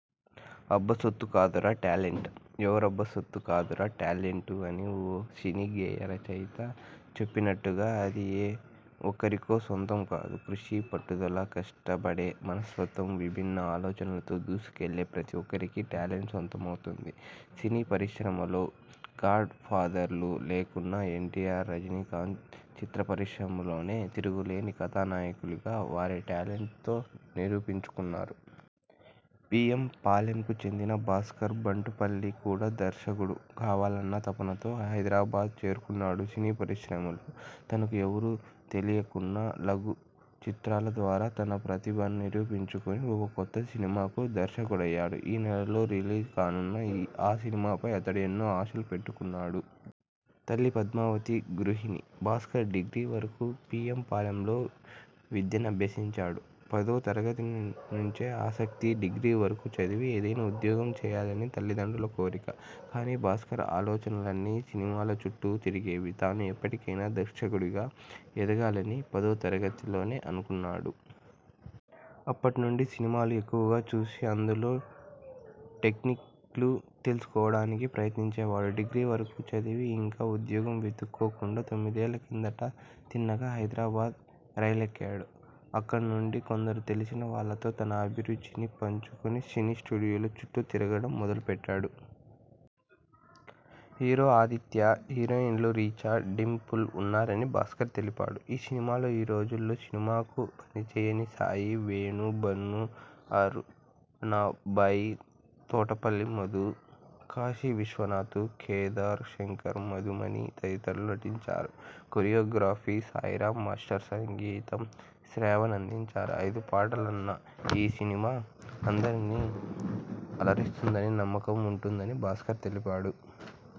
అబ్బ సొత్తు కాదురా టాలెంటు.. ఎవరబ్బ సొత్తు కాదురా టాలెంటూ అని ఓ సినీ గేయ రచయత చెప్పినట్టుగా అది ఏ ఒకరికో సొంతం కాదు. కృషి, పట్టుదల, కష్టపడే మనస్తత్వం, విభిన్న ఆలోచనలతో దూసుకెళ్లే ప్రతి ఒక్కరికీ టాలెంట్ సొంతమవుతుంది. సినీ పరిశ్రమల్లో గాడ్ ఫాదర్లు లేకున్నా ఎన్టీఆర్, రజినీకాంత్ చిత్ర పరిశ్రమలోనే తిరుగులేని కథానాయకులుగా వారి టాలెంట్తో నిరూపించుకున్నారు. పీఎం పాలెంకు చెందిన భాస్కర్ బంటుపల్లి కూడా దర్శకుడు కావాలన్న తపనతో హైదరాబాద్ చేరుకున్నాడు. సినీ పరిశ్రమ తనకు ఎవరూ తెలియకున్నా లఘు చిత్రాల ద్వారా తన ప్రతిభ నిరూపించుకుని ఓ కొత్త సినిమాకు దర్శకుడయ్యాడు. ఈ నెలలో రిలీజ్ కానున్న ఆ సినిమాపై అతడు ఎన్నో ఆశలు పెట్టుకున్నాడు. తల్లి పద్మావతి గృహిణి. భాస్కర్ డిగ్రీ వరకు పీఎం పాలెంలో విద్యనభ్యసించాడు. పదో తరగతి నుంచే ఆసక్తి.. డిగ్రీ వరకూ చదివి ఏదైనా ఉద్యోగం చేయాలని తల్లితండ్రుల కోరిక. కానీ భాస్కర్ ఆలోచనలన్నీ సినిమాల చుట్టూ తిరిగేవి. తాను ఎప్పటికైనా దర్శకుడిగా ఎదగాలని పదో తరగతిలోనే అనుకున్నాడు. అప్పటి నుండి సినిమాలు ఎక్కువుగా చూసి అందులో టెక్నిక్లు తెలుసుకోడానికి ప్రయత్నించేవాడు. డిగ్రీవరకు చదివి ఇంకా ఉద్యోగం వెతుక్కోకుండా తొమ్మిదేళ్ల కిందట తిన్నగా హైదరాబాద్ రైలెక్కేడు. అక్కడి నుంచి కొందరు తెలిసిన వాళ్లతో తన అభిరుచిని పంచుకొని సినీ స్టూడియోల చుట్టూ తిరగడం మొదలు పెట్టాడు. హీరో ఆదిత్య, హీరోయిన్లు రిచా, డింపుల్ ఉన్నారని భాస్కర్ తెలిపాడు. ఈ సినిమాలో ఈ రోజుల్లో సినిమాకు పనిచేసిన సాయి, వేణు, బన్ను, అరుణ్బాబు, తోటపల్లి మధు, కాశీవిశ్వనాథ్, కేదార్ శంకర్, మధుమణి తదితరులు నటించారు. కొరియాగ్రఫీ సాయిరామ్ మాస్టర్, సంగీతం శ్రావణ్ అందించారు. ఐదు పాటలున్న ఈ సినిమా అందరినీ అలరిస్తుందన్న నమ్మకం ఉంటుందని భాస్కర్ తెలిపాడు.